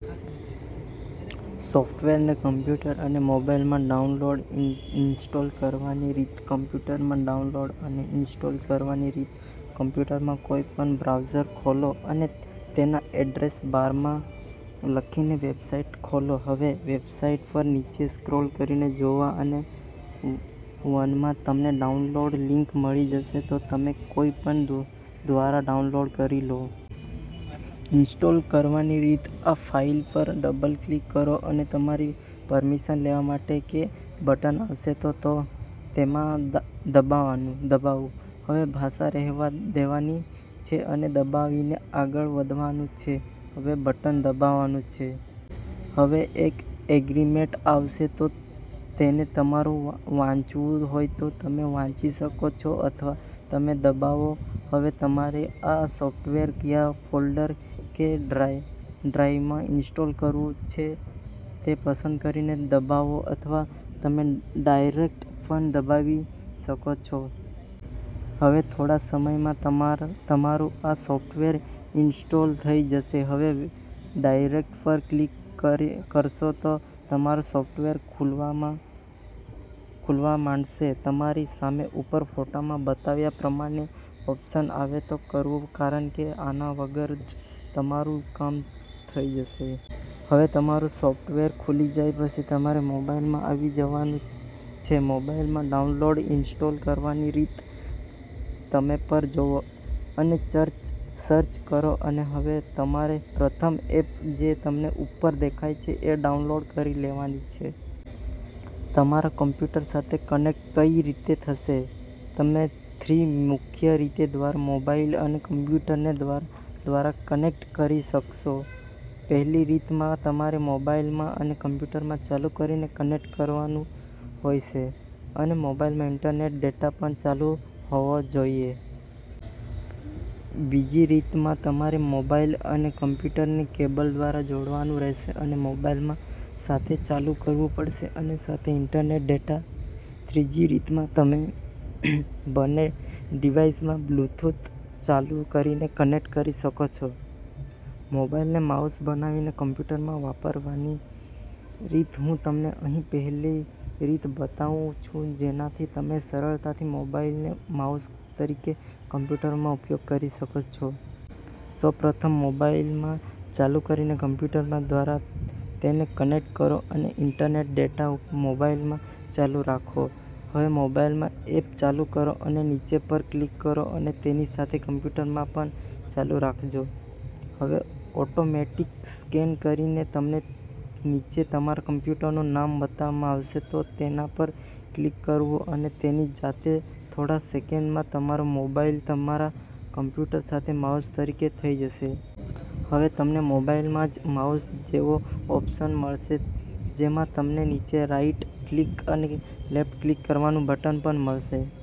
સોફ્ટવેરને કમ્પ્યુટર અને મોબાઇલમાં ડાઉનલોડ, ઇન્સ્ટોલ કરવાની રીત કમ્પ્યુટરમાં ડાઉનલોડ અને ઇન્સ્ટોલ કરવાની રીત કમ્પ્યુટરમાં કોઈ પણ બ્રાઉઝર ખોલો અને તેના એડ્રેસ બારમાં. લખીને વેબસાઇટ ખોલો. હવે. વેબસાઇટ પર નીચે સ્ક્રોલ કરીને જાવો અને વનમાં તમને ડાઉનલોડ લિન્ક મળી જશે તો તમે કોઈ પણ દ્વારા ડાઉનલોડ કરી લો. ઇન્સ્ટોલ કરવાની રીત આ ફાઇલ પર ડબલ ક્લિક કરો અને તમારી પરમિશન લેવા માટે કે બટન આવશે તો તેમાં દબાવવું. હવે ભાષા રહેવા દેવાની છે અને દબાવીને આગળ વધવાનું છે. હવે બટન દબાવવાનું છે. હવે એક એગ્રીમેંટ આવશે તો તેને તમારે વાંચવું હોય તો તમે વાંચી શકો છો અથવા તમે દબાવો. હવે તમારે આ સોફ્ટવેર કયા ફોલ્ડર કે ડ્રાઇવમાં ઇન્સ્ટોલ કરવું છે તે પસંદ કરીને દબાવો અથવા તમે ડાઇરેક્ટ પણ દબાવી શકો છો. હવે થોડા સમયમાં તમારું આ સોફ્ટવેર ઇન્સ્ટોલ થઈ જશે. હવે ડાઇરેક્ટ પર ક્લિક કરશો તો તમારું સોફ્ટવેર ખુલવા માંડશે. તમારી સામે ઉપર ફોટામાં બતાવ્યા પ્રમાણે ઓપ્શન આવે તો કરવું કારણ કે આના વગર જ તમારું કામ થઈ જશે. હવે તમારું સોફ્ટવેર ખૂલી જાય પછી તમારે મોબાઇલમાં આવી જવાનું છે મોબાઇલમાં ડાઉનલોડ, ઇન્સ્ટોલ કરવાની રીત તમે પર જાવો અને સર્ચ કરો અને હવે તમારે પ્રથમ એપ જે તમને ઉપર દેખાય છે એ ડાઉનલોડ કરી લેવાની છે. તમારા કમ્પ્યુટર સાથે કનેક્ટ કઈ રીતે થશે? તમે થ્રી મુખ્ય રીત દ્વારા મોબાઇલ અને કમ્પ્યુટરને દ્વારા કનેક્ટ કરી શકશો. પહેલી રીતમાં તમારે મોબાઇલમાં અને કમ્પ્યુટરમાં ચાલુ કરીને કનેક્ટ કરવાનું હોય છે અને મોબાઇલમાં ઇન્ટરનેટ ડેટા પણ ચાલુ હોવો જોઈએ. બીજી રીતમાં તમારે મોબાઇલ અને કમ્પ્યુટરને કેબલ દ્વારા જોડવાનું રહેશે અને મોબાઇલમાં સાથે ચાલુ કરવું પડશે અને સાથે ઇન્ટરનેટ ડેટા. ત્રીજી રીતમાં તમે બંને ડિવાઇસમાં બ્લુટૂથ ચાલુ કરીને કનેક્ટ કરી શકો છો. મોબાઇલને માઉસ બનાવીને કમ્પ્યુટરમાં વાપરવાની રીત હું તમને અહી પહેલી રીત બતાવું છુ જેનાથી તમે સરળતાથી મોબાઇલને માઉસ તરીકે કમ્પ્યુટરમાં ઉપયોગ કરી શકો છો. સૌપ્રથમ મોબાઇલમાં ચાલુ કરીને કમ્પ્યુટરમાં દ્વારા તેને કનેક્ટ કરો અને ઇન્ટરનેટ ડેટા મોબાઇલમાં ચાલુ રાખો. હવે મોબાઇલમાં એપ ચાલુ કરો અને નીચે પર ક્લિક કરો અને તેની સાથે કમ્પ્યુટરમાં પણ ચાલુ રાખજો. હવે ઓટોમેટિક સ્કેન કરીને તમને નીચે તમારા કમ્પ્યુટરનું નામ બતાવવામાં આવશે તો તેના પર ક્લિક કરવું અને તેની જાતે થોડા સેકન્ડમાં તમારું મોબાઇલ તમારા કમ્પ્યુટર સાથે માઉસ તરીકે થઈ જશે. હવે તમને મોબાઇલમાં જ માઉસ જેવો ઓપ્શન મળશે જેમાં તમને નીચે રાઇટ ક્લિક અને લેફ્ટ ક્લિક કરવાનું બટન પણ મળશે.